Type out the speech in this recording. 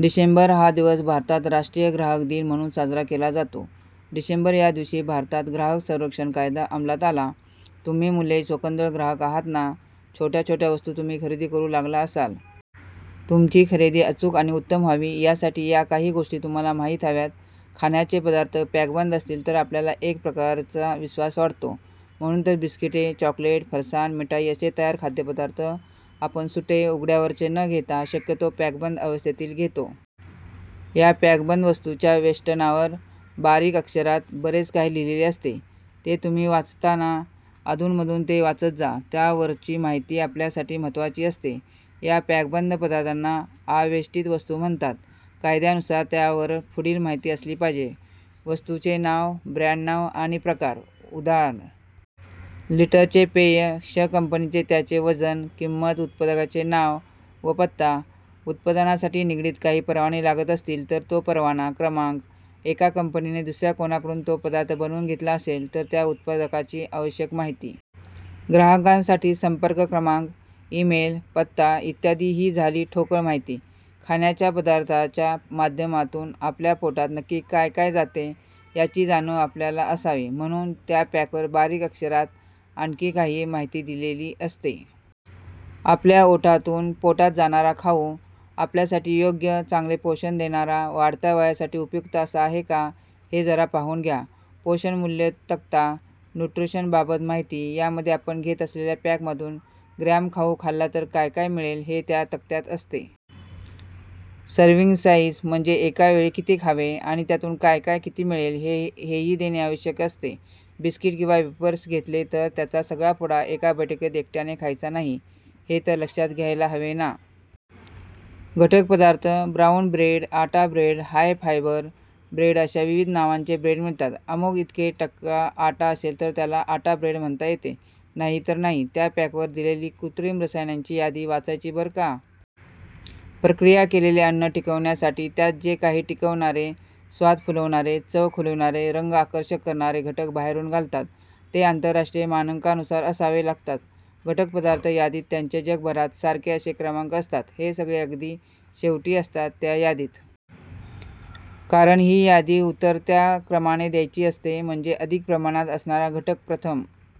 डिसेंबर हा दिवस भारतात 'राष्ट्रीय ग्राहक दिन' म्हणून साजरा केला जातो. डिसेंबर या दिवशी, भारतात 'ग्राहक संरक्षण कायदा' अमलात आला. तुम्ही मुले चोखंदळ ग्राहक आहात ना? छोट्या छोट्या वस्तू तुम्ही खरेदी करू लागला असाल. तुमची खरेदी अचूक आणि उत्तम व्हावी, यासाठी या काही गोष्टी तुम्हांला माहीत हव्यात. खाण्याचे पदार्थ पॅकबंद असतील तर आपल्याला एक प्रकारचा विश्वास वाटतो. म्हणून तर बिस्किटे, चॉकलेट, फरसाण, मिठाई असे तयार खाद्यपदार्थ आपण सुटे, उघड्यावरचे न घेता, शक्यतो पॅकबंद अवस्थेतील घेतो. या पॅकबंद वस्तूंच्या वेष्टनावर बारीक अक्षरांत बरेच काही लिहिलेले असते. ते तुम्ही वाचता ना? अधूनमधून ते वाचत जा. त्यावरची माहिती आपल्यासाठी महत्त्वाची असते. या पॅकबंद पदार्थांना आवेष्टित वस्तू म्हणतात. कायद्यानुसार त्यावर पुढील माहिती असली पाहिजे: वस्तूचे नाव ब्रँड नाव आणि प्रकार- उदा. लिटरचे पेय, 'क्ष' कंपनीचे त्याचे वजन- किंमत- उत्पादकाचे नाव व पत्ता. उत्पादनाशी निगडित काही परवाने लागत असतील तर तो परवाना क्रमांक. एका कंपनीने दुसऱ्या कोणाकडून तो पदार्थ बनवून घेतला असेल, तर त्या उत्पादकाची आवश्यक माहिती. ग्राहकांसाठी संपर्क क्रमांक, इमेल, पत्ता, इ. ही झाली ठोकळ माहिती. खाण्याच्या पदार्थांच्या माध्यमातून आपल्या पोटात नक्की काय काय जाते, याची जाणीव आपल्याला असावी म्हणून त्या पॅकवर बारीक अक्षरांत आणखीही काही माहिती दिलेली असते. आपल्या ओठांतून पोटात जाणारा खाऊ आपल्यासाठी योग्य, चांगले पोषण देणारा, वाढत्या वयासाठी उपयुक्त असा आहे का, हे जरा पाहून घ्या.. पोषण मूल्य तक्ता- न्युट्रिशनबाबत माहिती: यामध्ये आपण घेत असलेल्या पॅकमधून ग्रॅम खाऊ खाल्ला तर काय काय मिळेल हे त्या तक्त्यात असते. सव्र्हिंग साइझ- म्हणजे एका वेळी किती खावे आणि त्यातून काय काय, किती मिळेल, हेही देणे आवश्यक असते. बिस्कीट किंवा वेफर्स घेतले तर त्याचा सगळा पुडा एका बैठकीत एकट्याने खायचा नाही, हे तर लक्षात घ्यायला हवे ना!. घटक पदार्थ- ब्राऊन ब्रेड, आटा ब्रेड, हाय फायबर ब्रेड अशा विविध नावांचे ब्रेड मिळतात. अमुक इतके टक्के आटा असेल तर त्याला आटा ब्रेड म्हणता येते, नाहीतर नाही. त्या पॅकवर दिलेली कृत्रिम रसायनांची यादी वाचायची बरं का! प्रक्रिया केलेले अन्न टिकविण्यासाठी त्यात जे काही टिकवणारे, स्वाद फुलवणारे, चव खुलविणारे, रंग आकर्षक करणारे घटक बाहेरून घालतात, ते आंतरराष्ट्रीय मानकांनुसार असावे लागतात. घटक पदार्थ यादीत त्यांचे जगभरात सारखे असे क्रमांक असतात. हे सगळे अगदी शेवटी असतात त्या यादीत. कारण ही यादी उतरत्या क्रमाने द्यायची असते. म्हणजे अधिक प्रमाणात असणारा घटक प्रथम